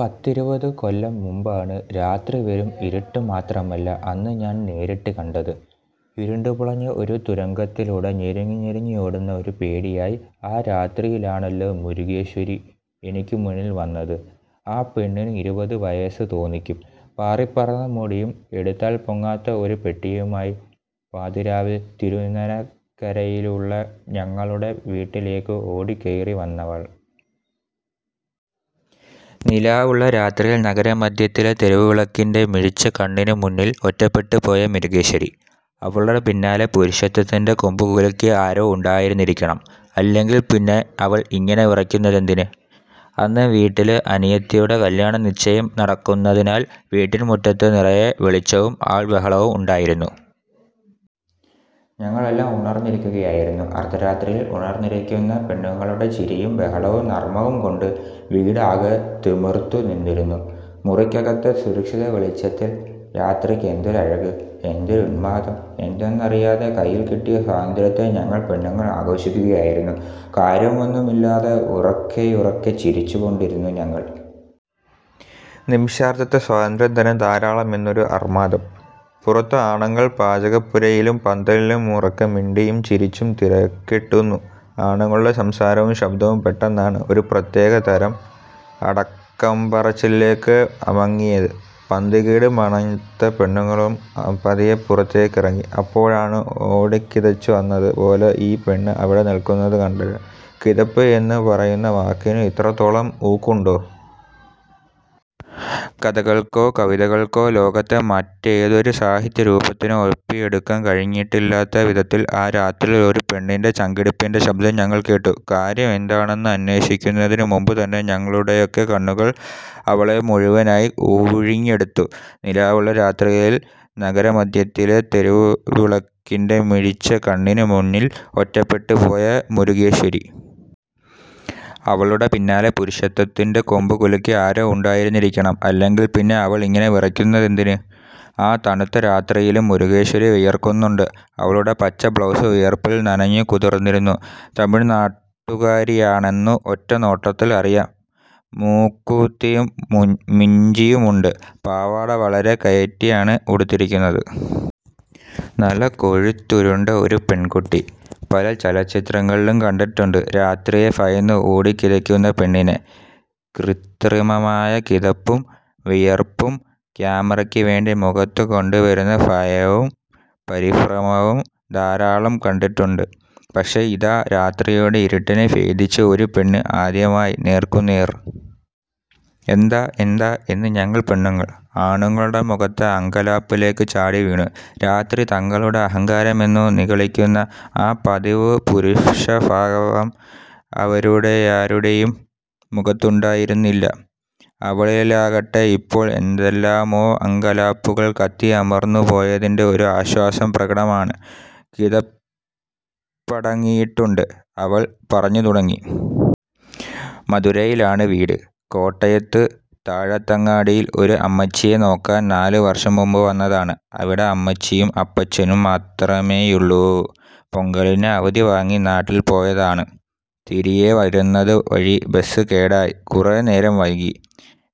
പത്തിരുപതുകൊല്ലം മുമ്പാണ് രാത്രി വെറും ഇരുട്ട് മാത്രമല്ല അന്ന് ഞാൻ നേരിട്ട് കണ്ടത്. ഇരുണ്ടു പുളഞ്ഞ ഒരു തുരങ്കത്തിലൂടെ ഞെരുങ്ങി ഞെരുങ്ങി ഓടുന്ന ഒരു പേടിയായി ആ രാത്രിയിലാണല്ലോ മുരുകേശ്വരി എനിക്ക് മുന്നിൽ വന്നത് ആ പെണ്ണിന് ഇരുപതു വയസ്സ് തോന്നിക്കും. പാറിപ്പറന്ന മുടിയും എടുത്താൽ പൊങ്ങാത്ത ഒരു പെട്ടിയുമായി പാതിരാവിൽ തിരുനക്കരയിലുള്ള ഞങ്ങളുടെ വീട്ടിലേക്കു ഓടിക്കയറി വന്നവൾ. നിലാവുള്ള രാത്രിയിൽ നഗരമധ്യത്തിലെ തെരുവുവിളക്കിന്റെ മിഴിച്ച കണ്ണിനു മുന്നിൽ ഒറ്റപ്പെട്ടു പോയ മുരുകേശ്വരി. അവളുടെ പിന്നാലെ പുരുഷത്വത്തിന്റെ കൊമ്പ് കുലുക്കി ആരോ ഉണ്ടായിരുന്നിരിക്കണം. അല്ലെങ്കിൽ പിന്നെ അവൾ ഇങ്ങനെ വിറക്കുന്നതെന്തിന്? അന്ന് വീട്ടില് അനിയത്തിയുടെ കല്യാണനിശ്ചയം നടക്കുന്നതിനാൽ വീട്ടിൽ മുറ്റത്ത് നിറയെ വെളിച്ചവും ആൾ ബഹളവും ഉണ്ടായിരുന്നു. ഞങ്ങൾ എല്ലാം ഉണർന്നിരിക്കുകയായിരുന്നു. അർദ്ധരാത്രിയിൽ ഉണർന്നിരിക്കുന്ന പെണ്ണുങ്ങളുടെ ചിരിയും ബഹളവും നർമ്മവും കൊണ്ട് വീട് ആകെ തിമിർത്തു നിന്നിരുന്നു. മുറിക്കകത്തെ സുരക്ഷിതവെളിച്ചത്തിൽ രാത്രിക്ക് എന്തൊരു അഴക്!! എന്തൊരു ഉന്മാദം!! എന്തിനെന്നറിയാതെ കയ്യിൽ കിട്ടിയ സ്വാതന്ത്ര്യത്തെ ഞങ്ങൾ പെണ്ണുങ്ങൾ ആഘോഷിക്കുകയായിരുന്നു. കാര്യമൊന്നുമില്ലാതെ ഉറക്കെയുറക്കെ ചിരിച്ചു കൊണ്ടിരുന്നു ഞങ്ങള്. നിമിഷാർദ്ധത്തെ സ്വാതന്ത്ര്യം തന്നെ ധാരാളം എന്നൊരു അർമാദം. പുറത്തു ആണുങ്ങൾ പാചകപ്പുരയിലും പന്തലിലും ഉറക്കെ മിണ്ടിയും ചിരിച്ചും തിരക്കിടുന്നു. ആണുങ്ങളുടെ സംസാരവും ശബ്ദവും പെട്ടെന്നാണ് ഒരു പ്രത്യേക തരം അടക്കം പറച്ചിലിലേക്ക് അമങ്ങിയത്. പന്തികേട് മണത്ത പെണ്ണുങ്ങളും പതിയെ പുറത്തേക്കിറങ്ങി. അപ്പോഴാണ് ഓടിക്കിതച്ചുവന്നത് പോലെ ഈ പെണ്ണ് അവിടെ നിൽക്കുന്നത് കണ്ടത് കിതപ്പ് എന്ന് പറയുന്ന വാക്കിനു ഇത്രത്തോളം ഊക്കുണ്ടോ? കഥകൾക്കോ കവിതകൾക്കോ ലോകത്തെ മറ്റേതൊരു സാഹിത്യരൂപത്തിനോ ഒപ്പിയെടുക്കാൻ കഴിഞ്ഞിട്ടില്ലാത്ത വിധത്തിൽ ആ രാത്രിയിൽ ഒരു പെണ്ണിന്റെ ചങ്കിടിപ്പിന്റെ ശബ്ദം ഞങ്ങൾ കേട്ടു കാര്യം എന്താണെന്ന് അന്വേഷിക്കുന്നതിനു മുമ്പ് തന്നെ ഞങ്ങളുടെയൊക്കെ കണ്ണുകൾ അവളെ മുഴുവനായി ഉഴിഞ്ഞെടുത്തു. നിലാവുള്ള രാത്രിയിൽ നഗരമധ്യത്തിലെ തെരുവുവിളക്കിന്റെ മിഴിച്ച കണ്ണിനു മുന്നിൽ ഒറ്റപ്പെട്ടു പോയ മുരുകേശ്വരി. അവളുടെ പിന്നാലെ പുരുഷത്വത്തിന്റെ കൊമ്പ് കുലുക്കി ആരോ ഉണ്ടായിരുന്നിരിക്കണം. അല്ലെങ്കിൽ പിന്നെ അവൾ ഇങ്ങനെ വിറക്കുന്നതെന്തിന്? ആ തണുത്ത രാത്രിയിലും മുരുകേശ്വരി വിയർക്കുന്നുണ്ട്. അവളുടെ പച്ച ബ്ലൗസ് വിയർപ്പിൽ നനഞ്ഞു കുതിർന്നിരുന്നു. തമിഴ് നാട്ടുകാരിയാണെന്നു ഒറ്റ നോട്ടത്തിൽ അറിയാം. മൂക്കുത്തിയും മിഞ്ചിയുമുണ്ട്. പാവാട വളരെ കയറ്റിയാണ് ഉടുത്തിരുന്നത്. നല്ല കൊഴുത്തുരുണ്ട ഒരു പെൺകുട്ടി. പല ചലച്ചിത്രങ്ങളിലും കണ്ടിട്ടുണ്ട് രാത്രിയെ ഭയന്ന് ഓടിക്കിതക്കുന്ന പെണ്ണിനെ കൃത്രിമമായ കിതപ്പും വിയർപ്പും കാമറക്ക് വേണ്ടി മുഖത്ത് കൊണ്ടുവരുന്ന ഭയവും പരിഭ്രമവും ധാരാളം കണ്ടിട്ടുണ്ട് പക്ഷെ, ഇതാ രാത്രിയുടെ ഇരുട്ടിനെ ഭേദിച്ച് ഒരു പെണ്ണ് ആദ്യമായി നേർക്കുനേർ. ' എന്താ എന്താ ' എന്ന് ഞങ്ങൾ പെണ്ണുങ്ങൾ, ആണുങ്ങളുടെ മുഖത്തെ അങ്കലാപ്പിലേക്ക് ചാടിവീണു. രാത്രി തങ്ങളുടെ അഹങ്കാരമെന്നു നിഗളിക്കുന്ന ആ പതിവുപുരുഷഭാവം അവരുടെയാരുടെയും മുഖത്തുണ്ടായിരുന്നില്ല. അവളിലാകട്ടെ ഇപ്പോൾ ഏതെല്ലാമോ അങ്കലാപ്പുകൾ കത്തിയമർന്നു പോയതിന്റെ ഒരു ആശ്വാസം പ്രകടമാണ്. കിതപ്പടങ്ങിയിട്ടുണ്ട്. അവൾ പറഞ്ഞു തുടങ്ങി. ' മധുരയിലാണ് വീട്. കോട്ടയത്ത് താഴത്തങ്ങാടിയിൽ ഒരു അമ്മച്ചിയെ നോക്കാൻ നാല് വർഷം മുമ്പ് വന്നതാണ്. അവിടെ അമ്മച്ചിയും അപ്പച്ചനും മാത്രമേയുള്ളൂ. പൊങ്കലിന് അവധി വാങ്ങി നാട്ടിൽ പോയതാണ്. തിരിയെ വരുന്നത് വഴി ബസ് കേടായി കുറെ നേരംവൈകി.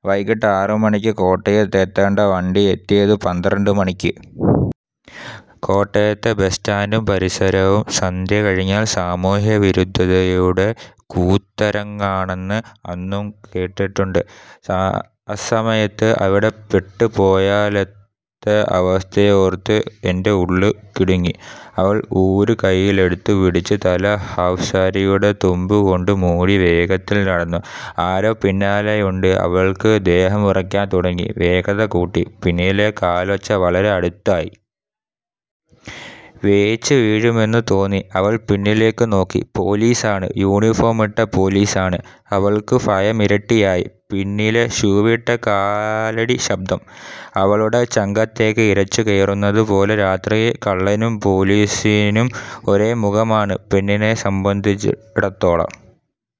വൈകിട്ട് ആറുമണിക്ക് കോട്ടയത്ത് എത്തേണ്ട വണ്ടി എത്തിയതു പന്ത്രണ്ട് മണിക്ക് '. കോട്ടയത്തെ ബസ്സ് സ്റ്റാൻഡും പരിസരവും സന്ധ്യ കഴിഞ്ഞാൽ സാമൂഹ്യവിരുദ്ധതയുടെ കൂത്തരങ്ങാണെന്ന് അന്നും കേട്ടിട്ടുണ്ട്. അസമയത്ത് അവിടെ പെട്ട് പോയാലത്തെ അവസ്ഥയോർത്തു എന്റെ ഉള്ള് കിടുങ്ങി. അവൾ ഊര് കയ്യിലെടുത്തുപിടിച്ച് തല ഹാഫ്സാരിയുടെ തുമ്പു കൊണ്ട് മൂടി വേഗത്തിൽ നടന്നു. ആരോ പിന്നാലെ ഉണ്ട് അവൾക്കു ദേഹം വിറക്കാൻ തുടങ്ങി വേഗത കൂട്ടി പിന്നിലെ കാലൊച്ച വളരെ അടുത്തായി. വേച്ച് വീഴുമെന്നു തോന്നി അവൾ പിന്നിലേക്ക് നോക്കി. പോലീസാണ് യൂണിഫോമിട്ട പോലീസാണ്. അവൾക്കു ഭയമിരട്ടിയായി. പിന്നിലെ ഷൂവിട്ട കാലടിശബ്ദം അവളുടെ ചങ്കത്തേക്ക് ഇരച്ചു കയറുന്നത് പോലെ രാത്രിയിൽ കള്ളനും പോലീസിനും ഒരേ മുഖമാണ് പെണ്ണിനെ സംബന്ധിച്ചിടത്തോളം.